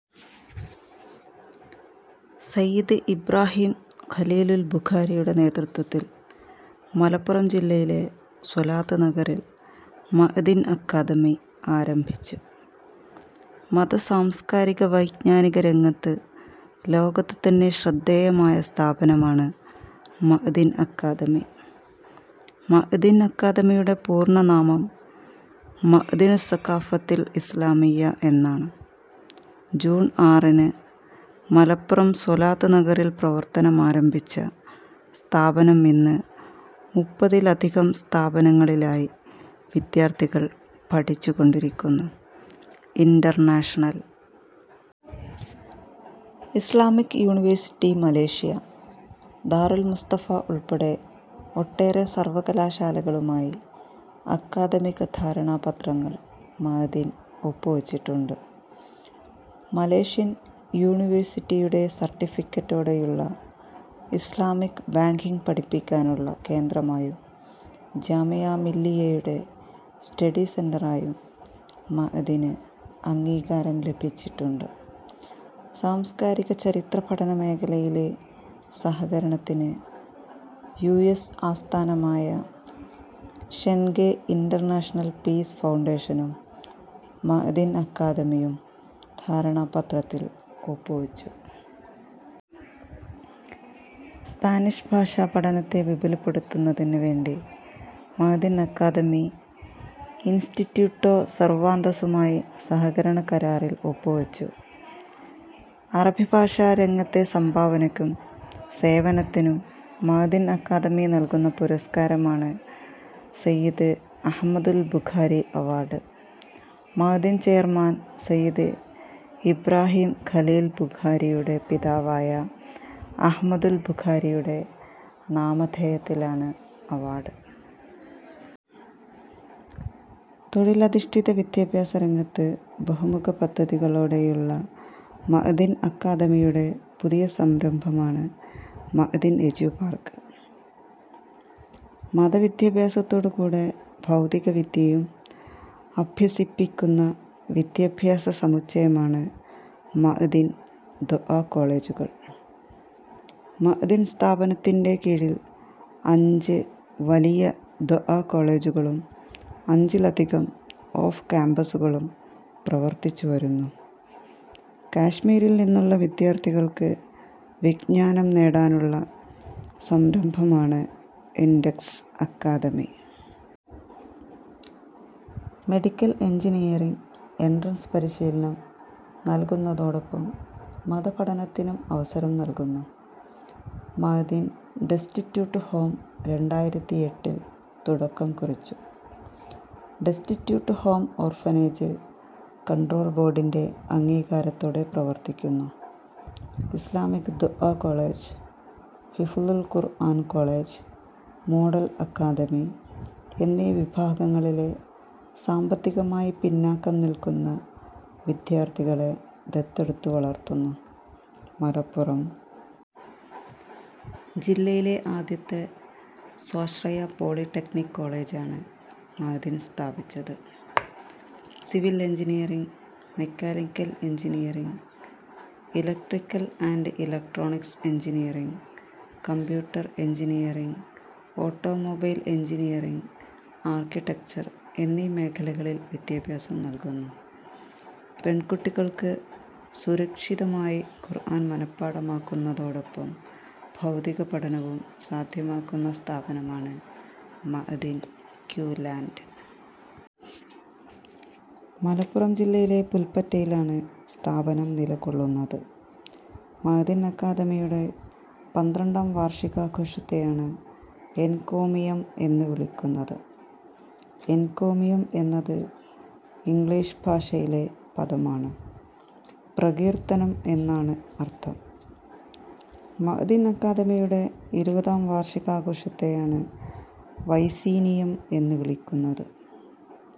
സയ്യിദ് ഇബ്രാഹീം ഖലീലുൽ ബുഖാരിയുടെ നേതൃത്വത്തിൽ മലപ്പുറം ജില്ലയിലെ സ്വലാത്ത് നഗറിൽ മഅ്ദിൻ അക്കാദമി ആരംഭിച്ചു. മത സാംസ്കാരിക വൈജ്ഞാനിക രംഗത്ത് ലോകത്ത് തന്നെ ശ്രദ്ധേയമായ സ്ഥാപനമാണ് മഅ്ദിൻ അക്കാദമി. മഅ്ദിൻ അക്കാദമിയുടെ പൂർണനാമം മഅ്ദിനു സ്സഖാഫത്തിൽ ഇസ്ലാമിയ്യ എന്നാണ്. ജൂൺ ആറിന് മലപ്പുറം സ്വലാത്ത് നഗറിൽ പ്രവർത്തനമാരംഭിച്ച സ്ഥാപനം ഇന്ന് മുപ്പതിലധികം സ്ഥാപനങ്ങളിലായി വിദ്യാർഥികൾ പഠിച്ചുകൊണ്ടിരിക്കുന്നു. International Islamic University Malaysia, Darul Mustafa ഉൾപ്പെടെ ഒട്ടേറെ സർവകലാശാലകളുമായി അക്കാദമിക ധാരണാപത്രങ്ങൾ മഅ്ദിൻ ഒപ്പുവെച്ചിട്ടുണ്ട്. മലേഷ്യൻ യൂണിവേഴ്സിറ്റിയുടെ സർട്ടിഫിക്കറ്റോടെയുള്ള ഇസ്ലാമിക് ബാങ്കിങ് പഠിപ്പിക്കാനുള്ള കേന്ദ്രമായും ജാമിഅ മില്ലിയ്യയുടെ സ്റ്റഡി സെന്ററായും മഅ്ദിന് അംഗീകാരം ലഭിച്ചിട്ടുണ്ട്. സാംസ്കാരിക ചരിത്ര പഠന മേഖലയിലെ സഹകരണത്തിന് യുഎസ് ആസ്ഥാനമായ ഷെൻഗെ ഇന്റർനാഷണൽ പീസ് ഫൗണ്ടേഷനും മഅ്ദിൻ അക്കാദമിയും ധാരണാപത്രത്തിൽ ഒപ്പുവെച്ചു. സ്പാനിഷ് ഭാഷാ പഠനത്തെ വിപുലപ്പെടുത്തുന്നതിന് വേണ്ടി മഅ്ദിൻ അക്കാദമി ഇൻസ്റ്റിറ്റ്യൂട്ടോ സെർവാന്തസുമായി സഹകരണ കരാറിൽ ഒപ്പുവെച്ചു. അറബി ഭാഷാ രംഗത്തെ സംഭാവനയ്ക്കും സേവനത്തിനും മഅ്ദിൻ അക്കാദമി നൽകുന്ന പുരസ്കാരമാണ് സയ്യിദ് അഹമദുൽ ബുഖാരി അവാർഡ്. മഅ്ദിൻ ചെയർമാൻ സയ്യിദ് ഇബ്രാഹീം ഖലീൽ ബുഖാരിയുടെ പിതാവായ അഹ്മദുൽ ബുഖാരിയുടെ നാമധേയത്തിലാണ് അവാർഡ്. തൊഴിലധിഷ്ഠിത വിദ്യാഭ്യാസ രംഗത്ത് ബഹുമുഖ പദ്ധതികളോടെയുള്ള മഅ്ദിൻ അക്കാദമിയുടെ പുതിയ സംരംഭമാണ് മഅ്ദിൻ എജ്യൂ പാർക്ക്. മതവിദ്യാഭ്യാസത്തോടുകൂടെ ഭൗതികവിദ്യയും അഭ്യസിപ്പിക്കുന്ന വിദ്യാഭ്യാസ സമുച്ചയമാണ് മഅ്ദിൻ ദഅ്വാ കോളേജുകൾ. മഅ്ദിൻ സ്ഥാപനത്തിൻ്റെ കീഴിൽ അഞ്ച് വലിയ ദഅ്വാ കോളേജുകളും അഞ്ചിലധികം ഓഫ് കാമ്പസുകളും പ്രവർത്തിച്ചുവരുന്നു. കാശ്മീരിൽ നിന്നുള്ള വിദ്യാർഥികൾക്ക് വിജ്ഞാനം നേടാനുള്ള സംരംഭമാണ് Index Academy. Medical engineering entrance പരിശീലനം നൽകുന്നതോടൊപ്പം മതപഠനത്തിനും അവസരം നൽകുന്നു. മഅ്ദിൻ ഡെസ്റ്റിറ്റ്യൂട്ട് ഹോം രണ്ടായിരത്തി എട്ടിൽ തുടക്കം കുറിച്ചു. ഡെസ്റ്റിറ്റ്യൂട്ട് ഹോം ഓർഫനേജ് കൺട്രോൾ ബോർഡിൻ്റെ അംഗീകാരത്തോടെ പ്രവർത്തിക്കുന്നു. ഇസ്ലാമിക് ദഅ്വാ കോളേജ്, ഹിഫ്ളുൽ ഖുർആൻ കോളേജ്, മോഡൽ അക്കാദമി എന്നീ വിഭാഗങ്ങളിലെ സാമ്പത്തികമായി പിന്നാക്കം നിൽക്കുന്ന വിദ്യാർഥികളെ ദത്തെടുത്ത് വളർത്തുന്നു. മലപ്പുറം ജില്ലയിലെ ആദ്യത്തെ സ്വാശ്രയ പോളിടെക്നിക് കോളേജാണ് മഅ്ദിൻ സ്ഥാപിച്ചത്. Civil engineering, mechanical engineering, electrical and electronics engineering, computer engineering, automobile engineering, architecture എന്നീ മേഖലകളിൽ വിദ്യാഭ്യാസം നൽകുന്നു. പെൺകുട്ടികൾക്ക് സുരക്ഷിതമായി ഖുർആൻ മനഃപാഠമാക്കുന്നതോടൊപ്പം ഭൗതിക പഠനവും സാധ്യമാക്കുന്ന സ്ഥാപനമാണ് മഅ്ദിൻ ക്യൂ ലാൻഡ്. മലപ്പുറം ജില്ലയിലെ പുല്പറ്റയിലാണ് സ്ഥാപനം നിലകൊള്ളുന്നത്. മഅ്ദിൻ അക്കാദമിയുടെ പന്ത്രണ്ടാം വാർഷികാഘോഷത്തെയാണ് എൻകോമിയം എന്ന് വിളിക്കുന്നത്. എൻകോമിയം എന്നത് ഇംഗ്ലീഷ് ഭാഷയിലെ പദമാണ്. പ്രകീർത്തനം എന്നാണ് അർഥം. മഅ്ദിൻ അക്കാദമിയുടെ ഇരുപതാം വാർഷികാഘോഷത്തെയാണ് വൈസീനിയം എന്ന് വിളിക്കുന്നത്.